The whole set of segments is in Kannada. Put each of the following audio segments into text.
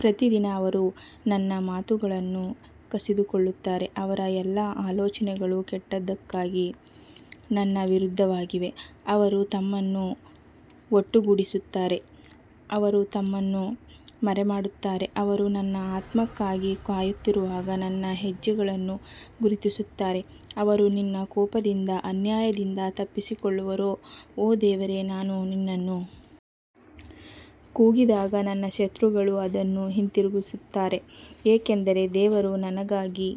ಪ್ರತಿದಿನ ಅವರು ನನ್ನ ಮಾತುಗಳನ್ನು ಕಸಿದುಕೊಳ್ಳುತ್ತಾರೆ, ಅವರ ಎಲ್ಲಾ ಆಲೋಚನೆಗಳು ಕೆಟ್ಟದ್ದಕ್ಕಾಗಿ ನನ್ನ ವಿರುದ್ಧವಾಗಿವೆ ಅವರು ತಮ್ಮನ್ನು ಒಟ್ಟುಗೂಡಿಸುತ್ತಾರೆ ಅವರು ತಮ್ಮನ್ನು ಮರೆಮಾಡುತ್ತಾರೆ ಅವರು ನನ್ನ ಆತ್ಮಕ್ಕಾಗಿ ಕಾಯುತ್ತಿರುವಾಗ ನನ್ನ ಹೆಜ್ಜೆಗಳನ್ನು ಗುರುತಿಸುತ್ತಾರೆ ಅವರು ನಿನ್ನ ಕೋಪದಿಂದ ಅನ್ಯಾಯದಿಂದ ತಪ್ಪಿಸಿಕೊಳ್ಳುವರೋ ಓ ದೇವರೇ ನಾನು ನಿನ್ನನ್ನು ಕೂಗಿದಾಗ ನನ್ನ ಶತ್ರುಗಳು ಅದನ್ನು ಹಿಂತಿರುಗಿಸುತ್ತಾರೆ ಏಕೆಂದರೆ ದೇವರು ನನಗಾಗಿ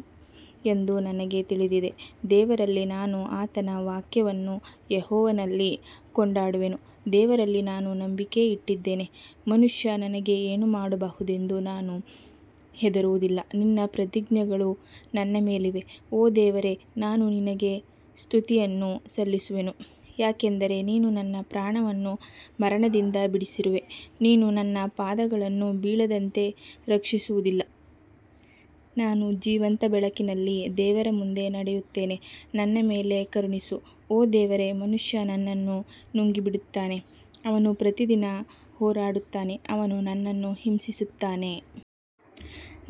ಎಂದು ನನಗೆ ತಿಳಿದಿದೆ ದೇವರಲ್ಲಿ ನಾನು ಆತನ ವಾಕ್ಯವನ್ನು ಯೆಹೋವನಲ್ಲಿ ಕೊಂಡಾಡುವೆನು ದೇವರಲ್ಲಿ ನಾನು ನಂಬಿಕೆ ಇಟ್ಟಿದ್ದೇನೆ, ಮನುಷ್ಯ ನನಗೆ ಏನು ಮಾಡಬಹುದೆಂದು ನಾನು ಹೆದರುವುದಿಲ್ಲ ನಿನ್ನ ಪ್ರತಿಜ್ಞೆಗಳು ನನ್ನ ಮೇಲಿವೆ ಓ ದೇವರೇ ನಾನು ನಿನಗೆ ಸ್ತುತಿಯನ್ನು ಸಲ್ಲಿಸುವೆನು ಯಾಕಂದರೆ ನೀನು ನನ್ನ ಪ್ರಾಣವನ್ನು ಮರಣದಿಂದ ಬಿಡಿಸಿರುವೆ ನೀನು ನನ್ನ ಪಾದಗಳನ್ನು ಬೀಳದಂತೆ ರಕ್ಷಿಸುವುದಿಲ್ಲ ನಾನು ಜೀವಂತ ಬೆಳಕಿನಲ್ಲಿ ದೇವರ ಮುಂದೆ ನಡೆಯುತ್ತೇನೆ ನನ್ನ ಮೇಲೆ ಕರುಣಿಸು ಓ ದೇವರೇ ಮನುಷ್ಯ ನನ್ನನ್ನು ನುಂಗಿಬಿಡುತ್ತಾನೆ, ಅವನು ಪ್ರತಿದಿನ ಹೋರಾಡುತ್ತಾನೆ, ಅವನು ನನ್ನನ್ನು ಹಿಂಸಿಸುತ್ತಾನೆ.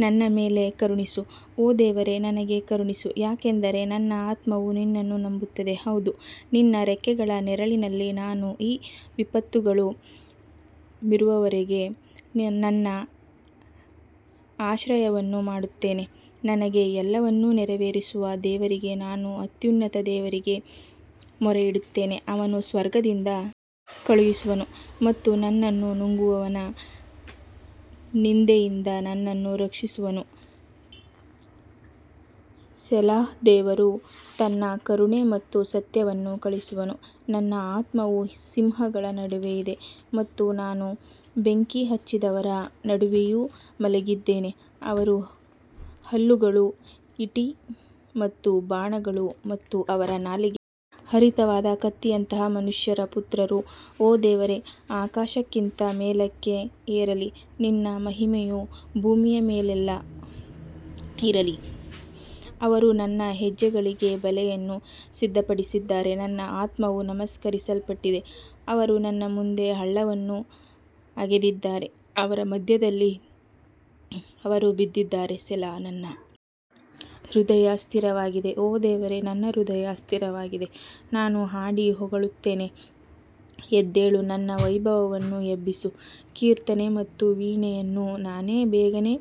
ನನ್ನ ಮೇಲೆ ಕರುಣಿಸು ಓ ದೇವರೇ ನನಗೆ ಕರುಣಿಸು ಯಾಕಂದರೆ ನನ್ನ ಆತ್ಮವು ನಿನ್ನನ್ನು ನಂಬುತ್ತದೆ ಹೌದು ನಿನ್ನ ರೆಕ್ಕೆಗಳ ನೆರಳಿನಲ್ಲಿ ನಾನು ಈ ವಿಪತ್ತುಗಳು ಮೀರುವವರೆಗೆ ನನ್ನ ಆಶ್ರಯವನ್ನು ಮಾಡುತ್ತೇನೆ ನನಗೆ ಎಲ್ಲವನ್ನು ನೆರವೇರಿಸುವ ದೇವರಿಗೆ ನಾನು ಅತ್ಯುನ್ನತ ದೇವರಿಗೆ ಮೊರೆಯಿಡುತ್ತೇನೆ ಅವನು ಸ್ವರ್ಗದಿಂದ ಕಳುಹಿಸುವನು ಮತ್ತು ನನ್ನನ್ನು ನುಂಗುವವನ ನಿಂದೆಯಿಂದ ನನ್ನನ್ನು ರಕ್ಷಿಸುವನು ಸೆಲಾಹ್ ದೇವರು ತನ್ನ ಕರುಣೆ ಮತ್ತು ಸತ್ಯವನ್ನು ಕಳುಹಿಸುವನು ನನ್ನ ಆತ್ಮವು ಸಿಂಹಗಳ ನಡುವೆ ಇದೆ ಮತ್ತು ನಾನು ಬೆಂಕಿ ಹಚ್ಚಿದವರ ನಡುವೆಯೂ ಮಲಗಿದ್ದೇನೆ, ಅವರ ಹಲ್ಲುಗಳು ಈಟಿ ಮತ್ತು ಬಾಣಗಳು ಮತ್ತು ಅವರ ನಾಲಿಗೆ ಹರಿತವಾದ ಕತ್ತಿಯಂತಹ ಮನುಷ್ಯರ ಪುತ್ರರು ಓ ದೇವರೇ ಆಕಾಶಕ್ಕಿಂತ ಮೇಲಕ್ಕೆ ಏರಲಿ ನಿನ್ನ ಮಹಿಮೆಯು ಭೂಮಿಯ ಮೇಲೆಲ್ಲ ಇರಲಿ ಅವರು ನನ್ನ ಹೆಜ್ಜೆಗಳಿಗೆ ಬಲೆಯನ್ನು ಸಿದ್ಧಪಡಿಸಿದ್ದಾರೆ, ನನ್ನ ಆತ್ಮವು ನಮಸ್ಕರಿಸಲ್ಪಟ್ಟಿದೆ ಅವರು ನನ್ನ ಮುಂದೆ ಹಳ್ಳವನ್ನು ಅಗೆದಿದ್ದಾರೆ, ಅದರ ಮಧ್ಯದಲ್ಲಿ ಅವರು ಬಿದ್ದಿದ್ದಾರೆ ಸೆಲಾ ನನ್ನ ಹೃದಯ ಸ್ಥಿರವಾಗಿದೆ ಓ ದೇವರೇ ನನ್ನ ಹೃದಯ ಸ್ಥಿರವಾಗಿದೆ ನಾನು ಹಾಡಿ ಹೊಗಳುತ್ತೇನೆ ಎದ್ದೇಳು ನನ್ನ ವೈಭವವನ್ನು ಎಬ್ಬಿಸು ಕೀರ್ತನೆ ಮತ್ತು ವೀಣೆಯನ್ನು ನಾನೇ ಬೇಗನೆ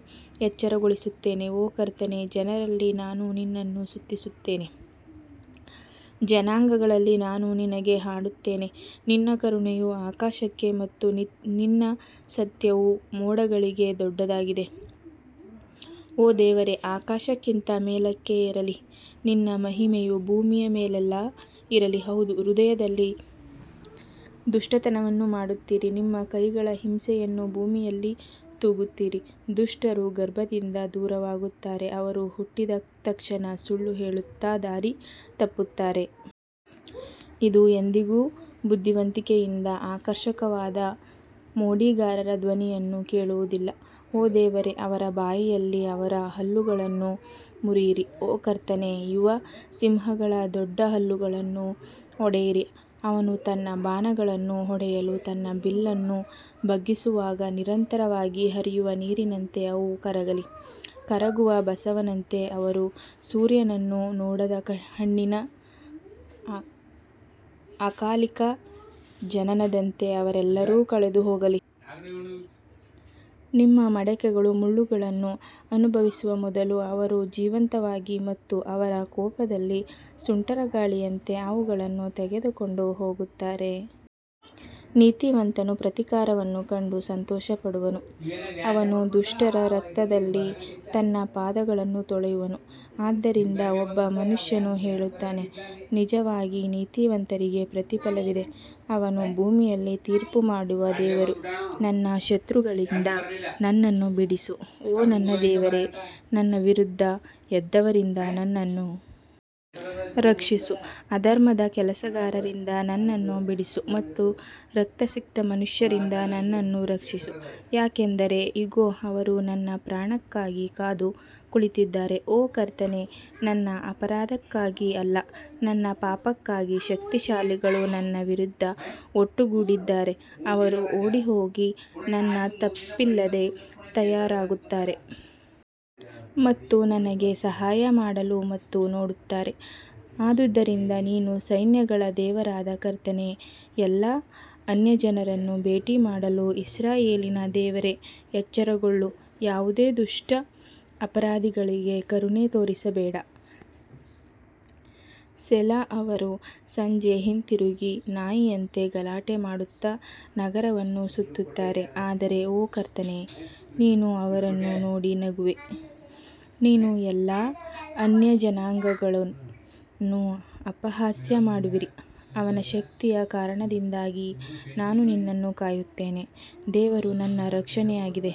ಎಚ್ಚರಗೊಳಿಸುತ್ತೇನೆ ಓ ಕರ್ತನೇ, ಜನರಲ್ಲಿ ನಾನು ನಿನ್ನನ್ನು ಸ್ತುತಿಸುತ್ತೇನೆ, ಜನಾಂಗಗಳಲ್ಲಿ ನಾನು ನಿನಗೆ ಹಾಡುತ್ತೇನೆ ನಿನ್ನ ಕರುಣೆಯು ಆಕಾಶಕ್ಕೆ ಮತ್ತು ನಿನ್ನ ಸತ್ಯವು ಮೋಡಗಳಿಗೆ ದೊಡ್ಡದಾಗಿದೆ ಓ ದೇವರೇ ಆಕಾಶಕ್ಕಿಂತ ಮೇಲಕ್ಕೆ ಏರಲಿ ನಿನ್ನ ಮಹಿಮೆಯು ಭೂಮಿಯ ಮೇಲೆಲ್ಲ ಇರಲಿ ಹೌದು ಹೃದಯದಲ್ಲಿ ದುಷ್ಟತನವನ್ನು ಮಾಡುತ್ತೀರಿ ನಿಮ್ಮ ಕೈಗಳ ಹಿಂಸೆಯನ್ನು ಭೂಮಿಯಲ್ಲಿ ತೂಗುತ್ತೀರಿ ದುಷ್ಟರು ಗರ್ಭದಿಂದ ದೂರವಾಗುತ್ತಾರೆ, ಅವರು ಹುಟ್ಟಿದ ತಕ್ಷಣ ಸುಳ್ಳು ಹೇಳುತ್ತಾ ದಾರಿ ತಪ್ಪುತ್ತಾರೆ. ಇದು ಎಂದಿಗೂ ಬುದ್ಧಿವಂತಿಕೆಯಿಂದ ಆಕರ್ಷಕವಾದ ಮೋಡಿಗಾರರ ಧ್ವನಿಯನ್ನು ಕೇಳುವುದಿಲ್ಲ ಓ ದೇವರೇ ಅವರ ಬಾಯಿಯಲ್ಲಿ ಅವರ ಹಲ್ಲುಗಳನ್ನು ಮುರಿಯಿರಿ ಓ ಕರ್ತನೇ ಯುವ ಸಿಂಹಗಳ ದೊಡ್ಡ ಹಲ್ಲುಗಳನ್ನು ಒಡೆಯಿರಿ ಅವನು ತನ್ನ ಬಾಣಗಳನ್ನು ಹೊಡೆಯಲು ತನ್ನ ಬಿಲ್ಲನ್ನು ಬಗ್ಗಿಸುವಾಗ ನಿರಂತರವಾಗಿ ಹರಿಯುವ ನೀರಿನಂತೆ ಅವು ಕರಗಲಿ ಕರಗುವ ಬಸವನಂತೆ, ಅವರು ಸೂರ್ಯನನ್ನು ನೋಡದ ಹೆಣ್ಣಿನ ಅಕಾಲಿಕ ಜನನದಂತೆ ಅವರೆಲ್ಲರೂ ಕಳೆದು ಹೋಗಲಿ ನಿಮ್ಮ ಮಡಕೆಗಳು ಮುಳ್ಳುಗಳನ್ನು ಅನುಭವಿಸುವ ಮೊದಲು ಅವರು ಜೀವಂತವಾಗಿ ಮತ್ತು ಅವರ ಕೋಪದಲ್ಲಿ ಸುಂಟರಗಾಳಿಯಂತೆ ಅವುಗಳನ್ನು ತೆಗೆದುಕೊಂಡು ಹೋಗುತ್ತಾರೆ. ನೀತಿವಂತನು ಪ್ರತೀಕಾರವನ್ನು ಕಂಡು ಸಂತೋಷಪಡುವನು, ಅವನು ದುಷ್ಟರ ರಕ್ತದಲ್ಲಿ ತನ್ನ ಪಾದಗಳನ್ನು ತೊಳೆಯುವನು ಆದ್ದರಿಂದ ಒಬ್ಬ ಮನುಷ್ಯನು ಹೇಳುತ್ತಾನೆ, ನಿಜವಾಗಿ ನೀತಿವಂತರಿಗೆ ಪ್ರತಿಫಲವಿದೆ, ಅವನು ಭೂಮಿಯಲ್ಲಿ ತೀರ್ಪು ಮಾಡುವ ದೇವರು ನನ್ನ ಶತ್ರುಗಳಿಂದ ನನ್ನನ್ನು ಬಿಡಿಸು ಓ ನನ್ನ ದೇವರೇ ನನ್ನ ವಿರುದ್ಧ ಎದ್ದವರಿಂದ ನನ್ನನ್ನು ರಕ್ಷಿಸು ಅಧರ್ಮದ ಕೆಲಸಗಾರರಿಂದ ನನ್ನನ್ನು ಬಿಡಿಸು ಮತ್ತು ರಕ್ತಸಿಕ್ತ ಮನುಷ್ಯರಿಂದ ನನ್ನನ್ನು ರಕ್ಷಿಸು ಯಾಕಂದರೆ ಇಗೋ ಅವರು ನನ್ನ ಪ್ರಾಣಕ್ಕಾಗಿ ಕಾದು ಕುಳಿತಿದ್ದಾರೆ ಓ ಕರ್ತನೇ ನನ್ನ ಅಪರಾಧಕ್ಕಾಗಿ ಅಲ್ಲ, ನನ್ನ ಪಾಪಕ್ಕಾಗಿ ಶಕ್ತಿಶಾಲಿಗಳು ನನ್ನ ವಿರುದ್ಧ ಒಟ್ಟುಗೂಡಿದ್ದಾರೆ ಅವರು ಓಡಿಹೋಗಿ ನನ್ನ ತಪ್ಪಿಲ್ಲದೆ ತಯಾರಾಗುತ್ತಾರೆ ಮತ್ತು ನನಗೆ ಸಹಾಯ ಮಾಡಲು ಮತ್ತು ನೋಡುತ್ತಾರೆ ಆದುದರಿಂದ ನೀನು ಸೈನ್ಯಗಳ ದೇವರಾದ ಕರ್ತನೇ, ಎಲ್ಲಾ ಅನ್ಯಜನರನ್ನು ಭೇಟಿಮಾಡಲು ಇಸ್ರಾಯೇಲಿನ ದೇವರೇ ಎಚ್ಚರಗೊಳ್ಳು, ಯಾವುದೇ ದುಷ್ಟ ಅಪರಾಧಿಗಳಿಗೆ ಕರುಣೆ ತೋರಿಸಬೇಡ ಸೆಲಾ ಅವರು ಸಂಜೆ ಹಿಂತಿರುಗಿ ನಾಯಿಯಂತೆ ಗಲಾಟೆ ಮಾಡುತ್ತಾ ನಗರವನ್ನು ಸುತ್ತುತ್ತಾರೆ ಆದರೆ ಓ ಕರ್ತನೇ, ನೀನು ಅವರನ್ನು ನೋಡಿ ನಗುವಿ, ನೀನು ಎಲ್ಲಾ ಅನ್ಯಜನಾಂಗಗಳನ್ನು ಅಪಹಾಸ್ಯ ಮಾಡುವಿರಿ ಅವನ ಶಕ್ತಿಯ ಕಾರಣದಿಂದಾಗಿ ನಾನು ನಿನ್ನನ್ನು ಕಾಯುತ್ತೇನೆ, ದೇವರು ನನ್ನ ರಕ್ಷಣೆಯಾಗಿದೆ.